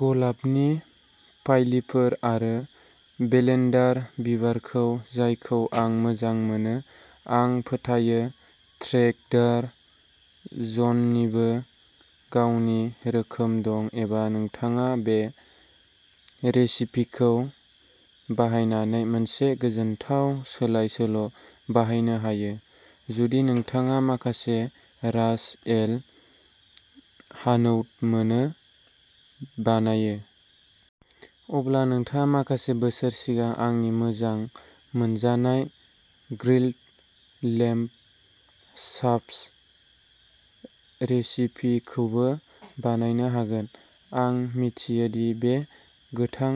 गलाबनि फाइलिफोर आरो लेभेन्डार बिबारफोर जायखौ आं मोजां मोनो। आं फोथायो ट्रेडार ज'निबो गावनि रोखोम दं-एबा नोंथाङा बे रेसिपिखौ बाहायनानै मोनसे गोजोनथाव सोलाय-सोल' बानायनो हायो। जुदि नोंथाङा माखासे रास एल हानौत मोनो बानायो, अब्ला नोंथाङा माखासे बोसोर सिगांनि आंनि मोजां मोनजानाय ग्रिल्ड लेम्ब चाप्स रेसिपिखौबो बानायनो हागोन आं मिथियो दि बे गोथां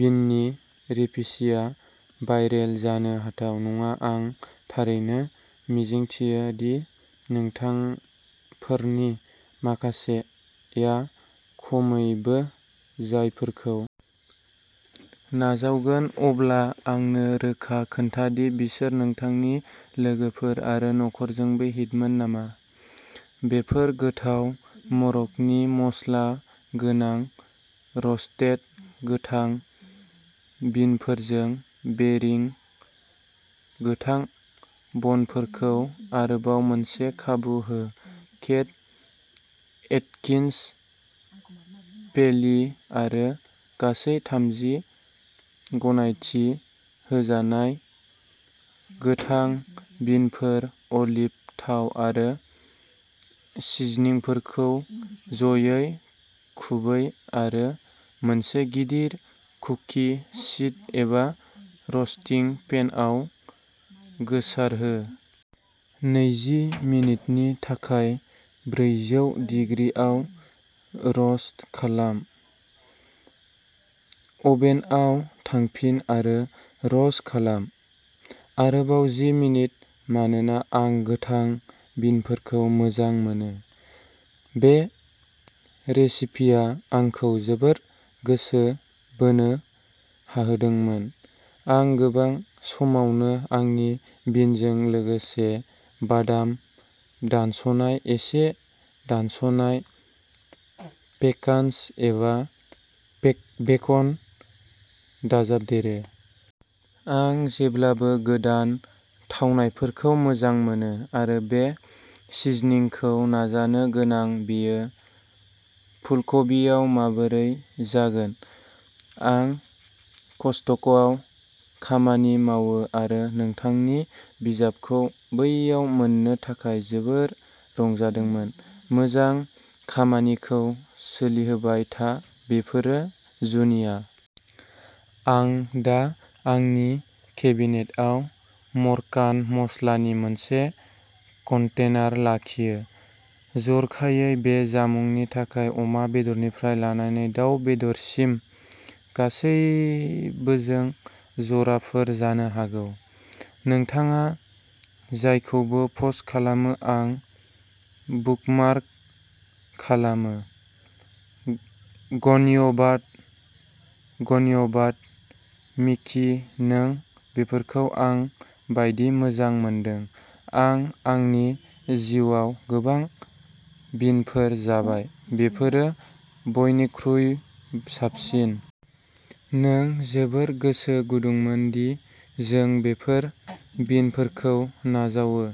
बिननि रेसिपिया भाइरेल जानो हाथाव नङा, आं थारैनो मिजिंथियो दि नोंथांफोरनि माखासेया खमैबो बेफोरखौ नाजावगोन, अब्ला आंनो रोखा खोन्था दि बिसोर नोंथांनि लोगोफोर आरो नखरजोंबो हिटमोन नामा बेफोर गोथाव मरक्क'नि मस्ला गोनां र'स्टेड गोथां बिनफोरजों बोरिं गोथां बिनफोरखौ आरोबाव मोनसे खाबु हो केट, एटकिन्स, पेलिय' आरो गासै थामजि गनायथि होजानाय गोथां बिनफोर, अलिभ थाव आरो सिजनिंफोरखौ ज'यै खुबै आरो मोनसे गिदिर कुकि शीट एबा र'स्टिं पेनआव गोसारहो। नैजि मिनिटनि थाखाय ब्रैजौ दिग्रिआव र'स्ट खालाम। अभेनआव थांफिन आरो र'स्ट खालाम आरोबाव जि मिनिट। मानोना आं गोथां बिनफोरखौ मोजां मोनो, बे रेसिपिया आंखौ जोबोद गोसो बोनो हादोंमोन। आं गोबां समावनो आंनि बिनजों लोगोसे बादाम दानस'नाय, एसे दानस'नाय पेकान्स एबा बेकन दाजाबदेरो। आं जेब्लाबो गोदान थावनायफोरखौ मोजां मोनो आरो बे सिजनिंखौ नाजानो नांगोन बेयो फुलकबियाव माबोरै जागोन? आं कस्टक'आव खामानि मावो आरो नोंथांनि बिजाबखौ बैयाव मोन्नो थाखाय जोबोद रंजादोंमोन। मोजां खामानिखौ सोलिहोबाय था बेफोरो जुनिया आं दा आंनि केबिनेटआव मरक्कान मस्ला नि मोनसे कन्टेनार लाखियो जर'खायै बे जामुंनि थाखाय अमा बेदरनिफ्राय लानानै दाव बेदरसिम गासैबोजों जराफोर जानो हागौ नोंथाङा जायखौबो पस्ट खालामो, आं बुकमार्क खालामो, धन्यबाद धन्यबाद मिकि, नों बेफोरखौ आं बायदि मोजां मोनदों आं आंनि जिउआव गोबां बिनफोर जाबाय, बेफोरो बयनिख्रुइ साबसिन। नों जोबोद गोसो गुदुंमोन दि जों बेफोर बिनफोरखौ नाजावो।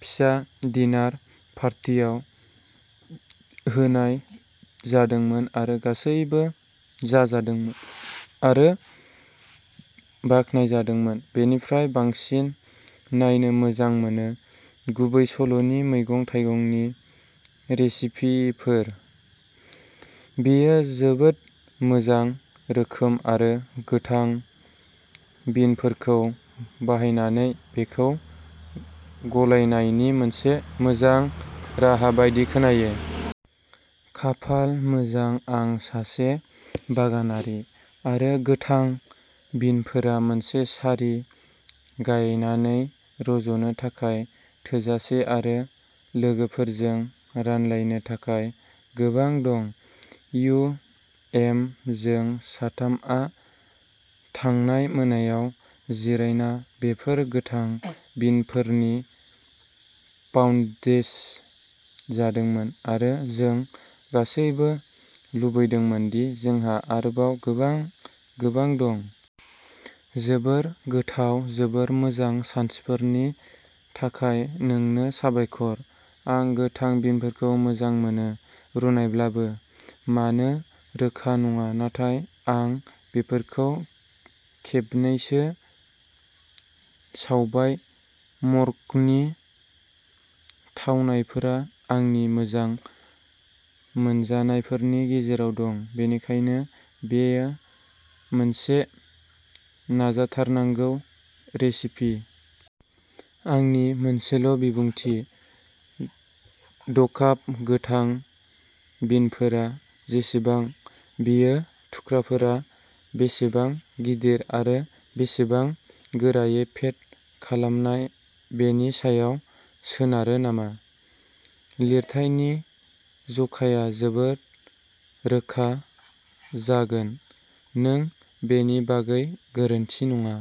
फिसा डिनार पार्टियाव होनाय जादोंमोन आरो गासैबो जाजादोंमोन आरो बाखनायजादोंमोन। बेनिफ्राय बांसिन नायनो मोजां मोनो। गुबै सल'नि मैगं-थाइगंनि रेसिपिफोर। बेयो जोबोद मोजां रोखोम आरो गोथां बिनफोरखौ बाहायनानै बेखौ गलायनायनि मोनसे मोजां राहा बायदि खोनायो। खाफाल मोजां आं सासे बागानारि, आरो गोथां बिनफोरा मोनसे सारि गायनानै रज'नो थाखाय थोजासे आरो लोगोफोरजों रानलायनो थाखाय गोबां दं यु एम जों साथामआ थांनाय मोनायाव जिरायना बेफोर गोथां बिनफोरनि पाउन्दसे जादोंमोन, आरो जों गासैबो लुबैदोंमोन दि जोंहा आरोबाव गोबां, गोबां दं। जोबोद गोथाव जोबोद मोजां सानस्रिफोरनि थाखाय नोंनो साबायखर। आं गोथां बिनफोरखौ मोजां मोनो, रुनायब्लाबो। मानो रोखा नङा, नाथाय आं बेफोरखौ खेबनैसो सावबाय। मरक्क'नि थावनायफोरा आंनि मोजां मोनजानायफोरनि गेजेराव दं, बेनिखायनो बेयो मोनसे नाजाथारनांगौ रेसिपि। आंनि मोनसेल' बिबुंथि द' काप गोथां बिनफोरा बेसेबां? बेयो थुख्राफोरा बेसेबां गिदिर, आरो बेसेबां गोरायै पेक खालामनाय बेनि सायाव सोनारो नामा? लिरथायनि जखाया जोबोद रोखा जागोन। नों बेनि बागै गोरोन्थि नङा,